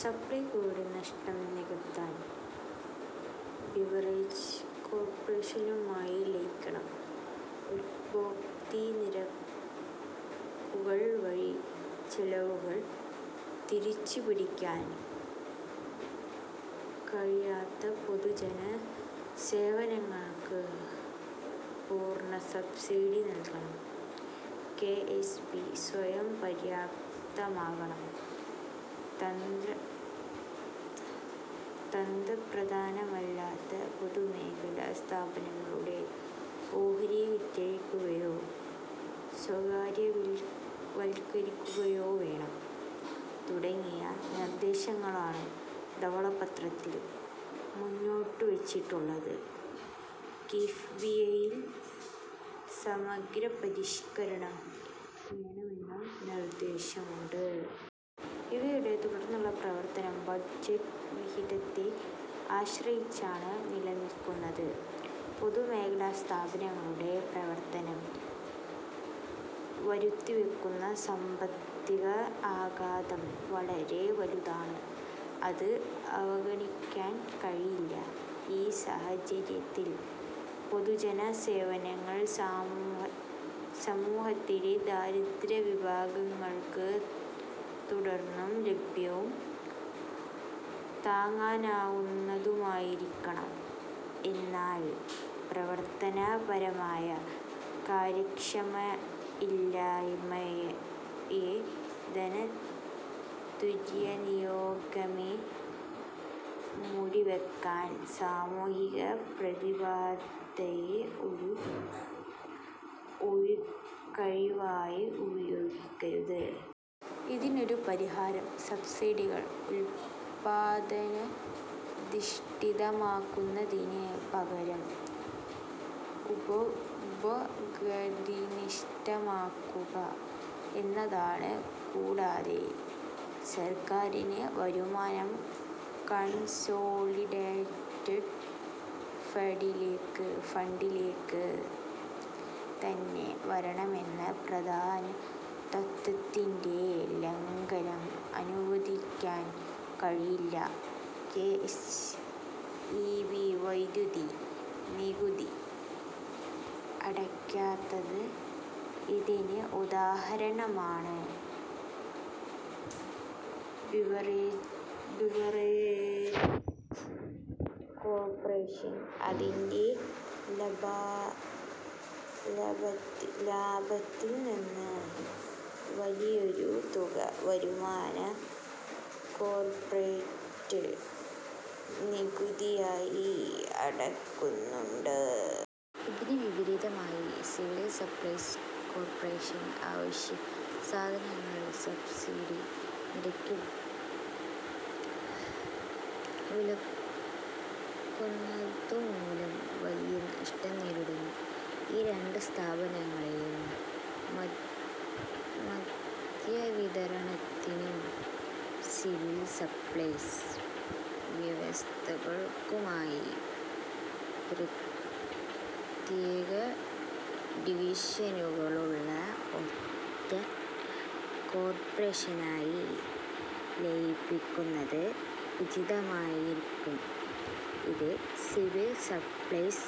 സപ്ലൈകോയുടെ നഷ്ടം നികത്താന് ബിവറേജ് കോര്പ്പറേഷനുമായി ലയിപ്പിക്കണം. ഉപഭോക്തൃ നിരക്കുകള് വഴി ചെലവുകള് തിരിച്ചുപിടിക്കാന് കഴിയാത്ത പൊതുജന സേവനങ്ങള്ക്ക് പൂര്ണ സബ്സിഡി നല്കണം, കെഎസ്ഇബി സ്വയംപര്യാപ്തമാകണം, തന്ത്രപ്രധാനമല്ലാത്ത പൊതുമേഖലാ സ്ഥാപനങ്ങളുടെ ഓഹരി വിറ്റഴിക്കുകയോ സ്വകാര്യവല്ക്കരിക്കുകയോ വേണം തുടങ്ങിയ നിര്ദേശങ്ങളാണ് ധവളപത്രത്തില് മുന്നോട്ടുവച്ചിട്ടുള്ളത്. കിഫ്ബിയില് സമഗ്ര പരിഷ്കരണം വേണമെന്നും നിര്ദേശമുണ്ട്. ഇവയുടെ തുടര്ന്നുള്ള പ്രവര്ത്തനം ബജറ്റ് വിഹിതത്തെ ആശ്രയിച്ചാണ് നിലനില്ക്കുന്നത്. പൊതുമേഖലാ സ്ഥാപനങ്ങളുടെ പ്രവര്ത്തനം വരുത്തിവെക്കുന്ന സാമ്പത്തിക ആഘാതം വളരെ വലുതാണ്, അത് അവഗണിക്കാന് കഴിയില്ല. ഈ സാഹചര്യത്തില്, പൊതുജന സേവനങ്ങള് സമൂഹത്തിലെ ദരിദ്ര വിഭാഗങ്ങള്ക്ക് തുടര്ന്നും ലഭ്യവും താങ്ങാനാവുന്നതുമായിരിക്കണം. എന്നാല്, പ്രവര്ത്തനപരമായ കാര്യക്ഷമതയില്ലായ്മയോ ധന ദുര്വിനിയോഗമോ മൂടിവെക്കാന് സാമൂഹിക പ്രതിബദ്ധതയെ ഒരു ഒഴികഴിവായി ഉപയോഗിക്കരുത്. ഇതിനൊരു പരിഹാരം, സബ്സിഡികള് ഉല്പാദനാധിഷ്ഠിതമാക്കുന്നതിന് പകരം ഉപഭോഗാധിഷ്ഠിതമാക്കുക എന്നതാണ്. കൂടാതെ, സര്ക്കാരിന്റെ വരുമാനം കണ്സോളിഡേറ്റഡ് ഫണ്ടിലേക്ക് തന്നെ വരണമെന്ന പ്രധാന തത്ത്വത്തിന്റെ ലംഘനം അനുവദിക്കാന് കഴിയില്ല. കെഎസ്ഇബി വൈദ്യുതി നികുതി അടയ്ക്കാത്തത് ഇതിന് ഉദാഹരണമാണ്. ബിവറേജസ് കോര്പ്പറേഷന് അതിന്റെ ലാഭത്തില് നിന്ന് വലിയൊരു തുക വരുമാന/ കോര്പ്പറേറ്റ് നികുതിയായി അടയ്ക്കുന്നുണ്ട്. ഇതിന് വിപരീതമായി, സിവില് സപ്ലൈസ് കോര്പ്പറേഷന് അവശ്യ സാധനങ്ങള് സബ്സിഡി നിരക്കില് വില്ക്കുന്നതുമൂലം വലിയ നഷ്ടം നേരിടുന്നു. ഈ രണ്ട് സ്ഥാപനങ്ങളെയും മദ്യവിതരണത്തിനും സിവില് സപ്ലൈസ്/ വ്യവസ്ഥകള്ക്കുമായി പ്രത്യേക ഡിവിഷനുകളുള്ള ഒറ്റ കോര്പ്പറേഷനായി ലയിപ്പിക്കുന്നത് ഉചിതമായിരിക്കും. ഇത് സിവില് സപ്ലൈസ്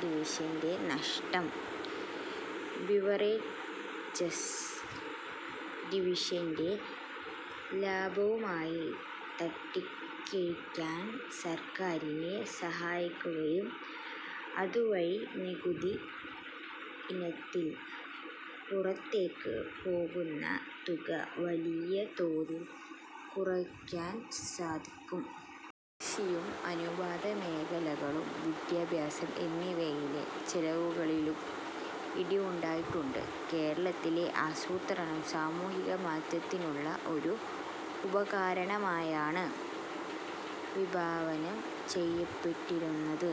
ഡിവിഷന്റെ നഷ്ടം ബിവറേജസ് ഡിവിഷന്റെ ലാഭവുമായി തട്ടിക്കിഴിക്കാന് സര്ക്കാരിനെ സഹായിക്കും, അതുവഴി നികുതി ഇനത്തില് പുറത്തേക്ക് പോകുന്ന തുക വലിയ തോതില് കുറയ്ക്കാന് സാധിക്കും. കൃഷിയും അനുബന്ധ മേഖലകളും, വിദ്യാഭ്യാസം എന്നിവയിലെ ചെലവുകളിലും ഇടിവുണ്ടായിട്ടുണ്ട്. കേരളത്തിലെ ആസൂത്രണം സാമൂഹിക മാറ്റത്തിനുള്ള ഒരു ഉപകരണമായാണ് വിഭാവനം ചെയ്യപ്പെട്ടിരുന്നത്.